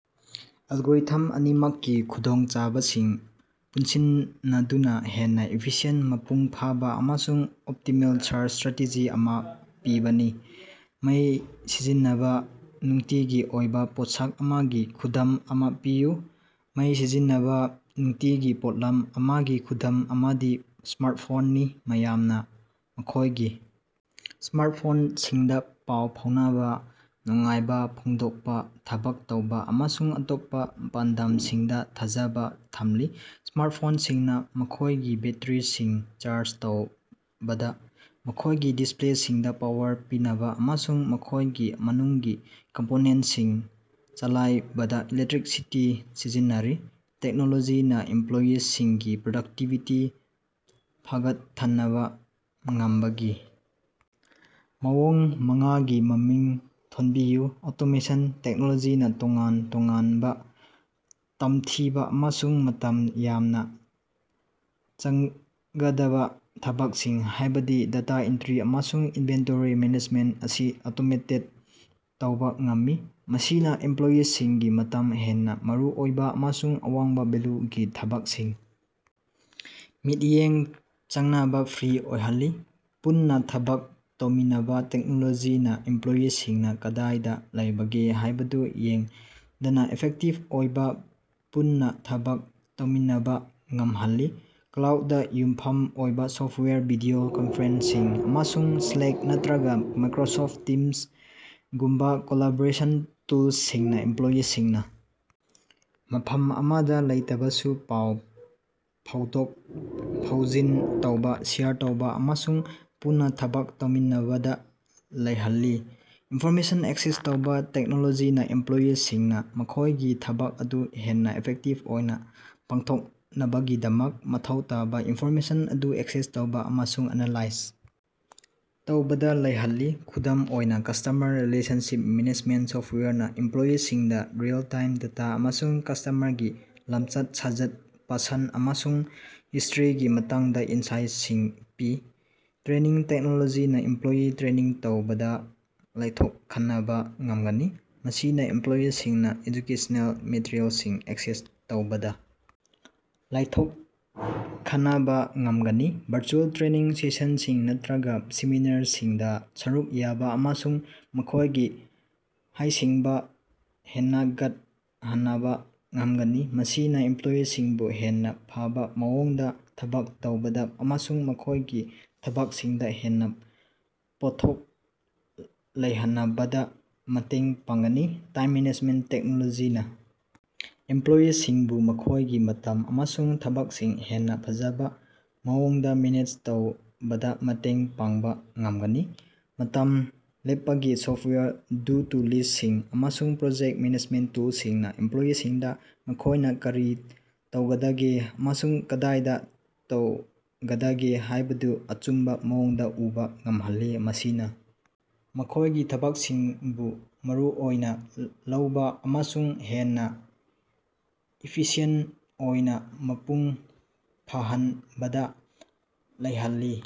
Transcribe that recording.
Algorithm ꯑꯅꯤꯃꯛꯀꯤ ꯈꯨꯗꯣꯡꯆꯥꯕꯁꯤꯡ ꯄꯨꯟꯁꯤꯟꯅꯗꯨꯅ ꯍꯦꯟꯅ ꯏꯐꯤꯁꯤꯌꯦꯟꯇ, ꯃꯄꯨꯡ ꯐꯥꯕ ꯑꯃꯁꯨꯡ ꯑꯣꯞꯇꯤꯃꯦꯜ ꯁꯥꯔꯆ ꯁ꯭ꯇꯔꯦꯇꯦꯖꯤ ꯑꯃ ꯄꯤꯕꯅꯤ꯫ ꯃꯩ ꯁꯤꯖꯤꯟꯅꯕ ꯅꯨꯡꯇꯤꯒꯤ ꯑꯣꯏꯕ ꯄꯣꯠꯁꯛ ꯑꯃꯒꯤ ꯈꯨꯗꯝ ꯑꯃ ꯄꯤꯌꯨ꯫ ꯃꯩ ꯁꯤꯖꯤꯟꯅꯕ ꯅꯨꯡꯇꯤꯒꯤ ꯄꯣꯠꯂꯝ ꯑꯃꯒꯤ ꯈꯨꯗꯝ ꯑꯃꯗꯤ ꯁ꯭ꯃꯥꯔꯠꯐꯣꯟꯅꯤ꯫ ꯃꯌꯥꯝꯅ ꯃꯈꯣꯏꯒꯤ ꯁ꯭ꯃꯥꯔꯠꯐꯣꯟꯁꯤꯡꯗ ꯄꯥꯎ ꯐꯥꯎꯅꯕ, ꯅꯨꯡꯉꯥꯏꯕ ꯐꯣꯡꯗꯣꯛꯄ, ꯊꯕꯛ ꯇꯧꯕ ꯑꯃꯁꯨꯡ ꯑꯇꯣꯞꯄ ꯄꯥꯟꯗꯝꯁꯤꯡꯗ ꯊꯥꯖꯕ ꯊꯝꯂꯤ꯫ ꯁ꯭ꯃꯥꯔꯠꯐꯣꯟꯁꯤꯡꯅ ꯃꯈꯣꯏꯒꯤ ꯕꯦꯠꯇꯔꯤꯁꯤꯡ ꯆꯥꯔꯖ ꯇꯧꯕꯗ, ꯃꯈꯣꯢꯒꯤ ꯗꯤꯁꯄ꯭ꯂꯦꯁꯤꯡꯗ ꯄꯥꯋꯔ ꯄꯤꯅꯕ ꯑꯃꯁꯨꯡ ꯃꯈꯣꯢꯒꯤ ꯃꯅꯨꯡꯒꯤ ꯀꯝꯄꯣꯅꯦꯟꯇꯁꯤꯡ ꯆꯂꯥꯏꯕꯗ ꯏꯂꯦꯛꯇ꯭ꯔꯤꯁꯤꯇꯤ ꯁꯤꯖꯤꯟꯅꯩ꯫ ꯇꯦꯛꯅꯣꯂꯣꯖꯤꯅ ꯑꯦꯝꯄ꯭ꯂꯣꯌꯤꯁꯤꯡꯒꯤ ꯄ꯭ꯔꯗꯛꯇꯤꯕꯤꯇꯤ ꯐꯒꯠꯍꯟꯕ ꯉꯝꯕꯒꯤ ꯃꯑꯣꯡ ꯃꯉꯥꯒꯤ ꯃꯃꯤꯡ ꯊꯣꯟꯕꯤꯌꯨ꯫ ꯑꯣꯇꯣꯃꯦꯁꯟ: ꯇꯦꯛꯅꯣꯂꯣꯖꯤꯅ ꯇꯣꯉꯥꯟ ꯇꯣꯉꯥꯟ-ꯇꯣꯉꯥꯟꯕ ꯇꯝꯊꯤꯕ ꯑꯃꯁꯨꯡ ꯃꯇꯝ ꯌꯥꯝꯅ ꯆꯪꯒꯗꯕ ꯊꯕꯛꯁꯤꯡ, ꯍꯥꯏꯕꯗꯤ ꯗꯦꯇꯥ ꯑꯦꯟꯇ꯭ꯔꯤ ꯑꯃꯁꯨꯡ ꯏꯟꯚꯦꯟꯇꯔꯤ ꯃꯦꯅꯦꯖꯃꯦꯟꯇ ꯑꯁꯤ ꯑꯣꯇꯣꯃꯦꯇꯦꯗ ꯇꯧꯕ ꯉꯝꯃꯤ, ꯃꯁꯤꯅ ꯑꯦꯝꯄ꯭ꯂꯣꯌꯤꯁꯤꯡꯒꯤ ꯃꯇꯝ ꯍꯦꯟꯅ ꯃꯔꯨꯑꯣꯏꯕ ꯑꯃꯁꯨꯡ ꯑꯋꯥꯡꯕ ꯚꯦꯜꯌꯨꯒꯤ ꯊꯕꯛꯁꯤꯡꯗ ꯃꯤꯠꯌꯦꯡ ꯆꯪꯅꯕ ꯐ꯭ꯔꯤ ꯑꯣꯏꯍꯜꯂꯤ꯫ ꯄꯨꯟꯅ ꯊꯕꯛ ꯇꯧꯃꯤꯟꯅꯕ: ꯇꯦꯛꯅꯣꯂꯣꯖꯤꯅ ꯏꯝꯄ꯭ꯂꯣꯌꯤꯁꯤꯡꯅ ꯀꯗꯥꯏꯗ ꯂꯩꯕꯒꯦ ꯍꯥꯏꯕꯗꯨ ꯌꯦꯡꯗꯅ ꯏꯐꯦꯛꯇꯤꯚ ꯑꯣꯏꯕ ꯄꯨꯟꯅ ꯊꯕꯛ ꯇꯧꯃꯤꯟꯅꯕ ꯉꯝꯍꯜꯂꯤ꯫ ꯀ꯭ꯂꯥꯎꯗꯇ ꯌꯨꯝꯐꯝ ꯑꯣꯏꯕ ꯁꯣꯐꯇꯋꯥꯌꯔ, ꯚꯤꯗꯤꯑꯣ ꯀꯟꯐꯔꯦꯟꯁꯤꯡ ꯑꯃꯁꯨꯡ ꯁ꯭ꯂꯦꯛ ꯅꯠꯇ꯭ꯔꯒ ꯃꯥꯏꯀ꯭ꯔꯣꯁꯣꯐꯠ ꯇꯤꯝꯒꯨꯝꯕ ꯀꯣꯂꯥꯕꯣꯔꯦꯁꯟ ꯇꯨꯜꯁꯤꯡꯅ ꯏꯝꯄ꯭ꯂꯣꯌꯤꯁꯤꯡꯅ ꯃꯐꯝ ꯑꯃꯗ ꯂꯩꯇꯕꯁꯨ ꯄꯥꯎ ꯐꯥꯎꯗꯣꯛ-ꯐꯥꯎꯖꯤꯟ ꯇꯧꯕ, ꯁꯦꯌꯔ ꯇꯧꯕ ꯑꯃꯁꯨꯡ ꯄꯨꯟꯅ ꯊꯕꯛ ꯇꯧꯃꯤꯟꯅꯕꯗ ꯂꯥꯏꯍꯜꯂꯤ꯫ ꯏꯟꯐꯣꯔꯃꯦꯁꯟ ꯑꯦꯛꯁꯦꯁ ꯇꯧꯕ: ꯇꯦꯛꯅꯣꯂꯣꯖꯤꯅ ꯏꯝꯄ꯭ꯂꯣꯌꯤꯁꯤꯡꯅ ꯃꯈꯣꯏꯒꯤ ꯊꯕꯛ ꯑꯗꯨ ꯍꯦꯟꯅ ꯏꯐꯦꯛꯇꯤꯚ ꯑꯣꯏꯅ ꯄꯥꯡꯊꯣꯛꯅꯕꯒꯤꯗꯃꯛ ꯃꯊꯧ ꯇꯥꯕ ꯏꯟꯐꯣꯔꯃꯦꯁꯟ ꯑꯗꯨ ꯑꯦꯛꯁꯦꯁ ꯇꯧꯕ ꯑꯃꯁꯨꯡ ꯑꯦꯅꯥꯂꯥꯏꯖ ꯇꯧꯕꯗ ꯂꯥꯏꯍꯜꯂꯤ꯫ ꯈꯨꯗꯝ ꯑꯣꯏꯅ, ꯀꯁꯇꯃꯔ ꯔꯤꯂꯦꯁꯟꯁꯤꯞ ꯃꯦꯅꯦꯖꯃꯦꯟꯇ ꯁꯣꯐꯇꯋꯥꯌꯔꯅ ꯏꯝꯄ꯭ꯂꯣꯌꯤꯁꯤꯡꯗ ꯔꯤꯑꯦꯜ-ꯇꯥꯏꯝ ꯗꯦꯇꯥ ꯑꯃꯁꯨꯡ ꯀꯁꯇꯃꯔꯒꯤ ꯂꯝꯆꯠ-ꯁꯥꯖꯠ, ꯄꯁꯟꯗ ꯑꯃꯁꯨꯡ ꯍꯤꯁꯇ꯭ꯔꯤꯒꯤ ꯃꯇꯥꯡꯗ ꯏꯟꯁꯥꯏꯇꯁꯤꯡ ꯄꯤ꯫ ꯇ꯭ꯔꯦꯅꯤꯡ: ꯇꯦꯛꯅꯣꯂꯣꯖꯤꯅ ꯏꯝꯄ꯭ꯂꯣꯌꯤ ꯇ꯭ꯔꯦꯅꯤꯡ ꯇꯧꯕꯗ ꯂꯥꯏꯊꯣꯛꯍꯟꯕ ꯉꯝꯒꯅꯤ, ꯃꯁꯤꯅ ꯏꯝꯄ꯭ꯂꯣꯌꯤꯁꯤꯡꯅ ꯑꯦꯖꯨꯀꯦꯁꯅꯦꯜ ꯃꯦꯇꯔꯤꯑꯦꯜꯁꯤꯡ ꯑꯦꯛꯁꯦꯁ ꯇꯧꯕꯗ ꯂꯥꯏꯊꯣꯛꯍꯟꯕ ꯉꯝꯒꯅꯤ, ꯚꯔꯆꯨꯑꯦꯜ ꯇ꯭ꯔꯦꯅꯤꯡ ꯁꯦꯁꯟꯁꯤꯡ ꯅꯠꯇ꯭ꯔꯒ ꯁꯦꯃꯤꯅꯥꯔꯁꯤꯡꯗ ꯁꯔꯨꯛ ꯌꯥꯕ ꯑꯃꯁꯨꯡ ꯃꯈꯣꯏꯒꯤ ꯍꯩꯁꯤꯡꯕ ꯍꯦꯅꯒꯠꯍꯟꯕ ꯉꯝꯒꯅꯤ ꯫ ꯃꯁꯤꯅ ꯏꯝꯄ꯭ꯂꯣꯌꯤꯁꯤꯡꯕꯨ ꯍꯦꯟꯅ ꯐꯕ ꯃꯑꯣꯡꯗ ꯊꯕꯛ ꯇꯧꯕꯗ ꯑꯃꯁꯨꯡ ꯃꯈꯣꯢꯒꯤ ꯊꯕꯛꯁꯤꯡꯗ ꯍꯦꯟꯅ ꯄꯣꯠꯊꯣꯛ ꯂꯩꯍꯟꯕꯗ ꯃꯇꯦꯡ ꯄꯥꯡꯒꯅꯤ꯫ ꯇꯥꯏꯝ ꯃꯦꯅꯦꯖꯃꯦꯟꯇ: ꯇꯦꯛꯅꯣꯂꯣꯖꯤꯅ ꯏꯝꯄ꯭ꯂꯣꯌꯤꯁꯤꯡꯕꯨ ꯃꯈꯣꯏꯒꯤ ꯃꯇꯝ ꯑꯃꯁꯨꯡ ꯊꯕꯛꯁꯤꯡ ꯍꯦꯟꯅ ꯐꯖꯅ ꯃꯦꯅꯦꯖ ꯇꯧꯕꯗ ꯃꯇꯦꯡ ꯄꯥꯡꯕ ꯉꯝꯒꯅꯤ꯫ ꯃꯇꯝ ꯂꯦꯞꯄꯒꯤ ꯁꯣꯐꯇꯋꯥꯌꯔ, ꯇꯨ-ꯗꯨ-ꯂꯤꯁ꯭ꯇꯁꯤꯡ ꯑꯃꯁꯨꯡ ꯄ꯭ꯔꯣꯖꯦꯛꯇ ꯃꯦꯅꯦꯖꯃꯦꯟꯇ ꯇꯨꯜꯁꯤꯡꯅ ꯏꯝꯄ꯭ꯂꯣꯌꯤꯁꯤꯡꯗ ꯃꯈꯣꯏꯅ ꯀꯔꯤ ꯇꯧꯒꯗꯒꯦ ꯑꯃꯁꯨꯡ ꯀꯗꯥꯏꯗ ꯇꯧꯒꯗꯒꯦ ꯍꯥꯏꯕꯗꯨ ꯑꯆꯨꯝꯕ ꯃꯑꯣꯡꯗ ꯎꯕ ꯉꯝꯍꯜꯂꯤ, ꯃꯁꯤꯅ ꯃꯈꯣꯏꯒꯤ ꯊꯕꯛꯁꯤꯡꯕꯨ ꯃꯔꯨꯑꯣꯏꯅ ꯂꯧꯕ ꯑꯃꯁꯨꯡ ꯍꯦꯟꯅ ꯏꯐꯤꯁꯤꯑꯦꯟꯇ ꯑꯣꯏꯅ ꯃꯄꯨꯡ ꯐꯥꯍꯟꯕꯗ ꯂꯥꯏꯍꯜꯂꯤ꯫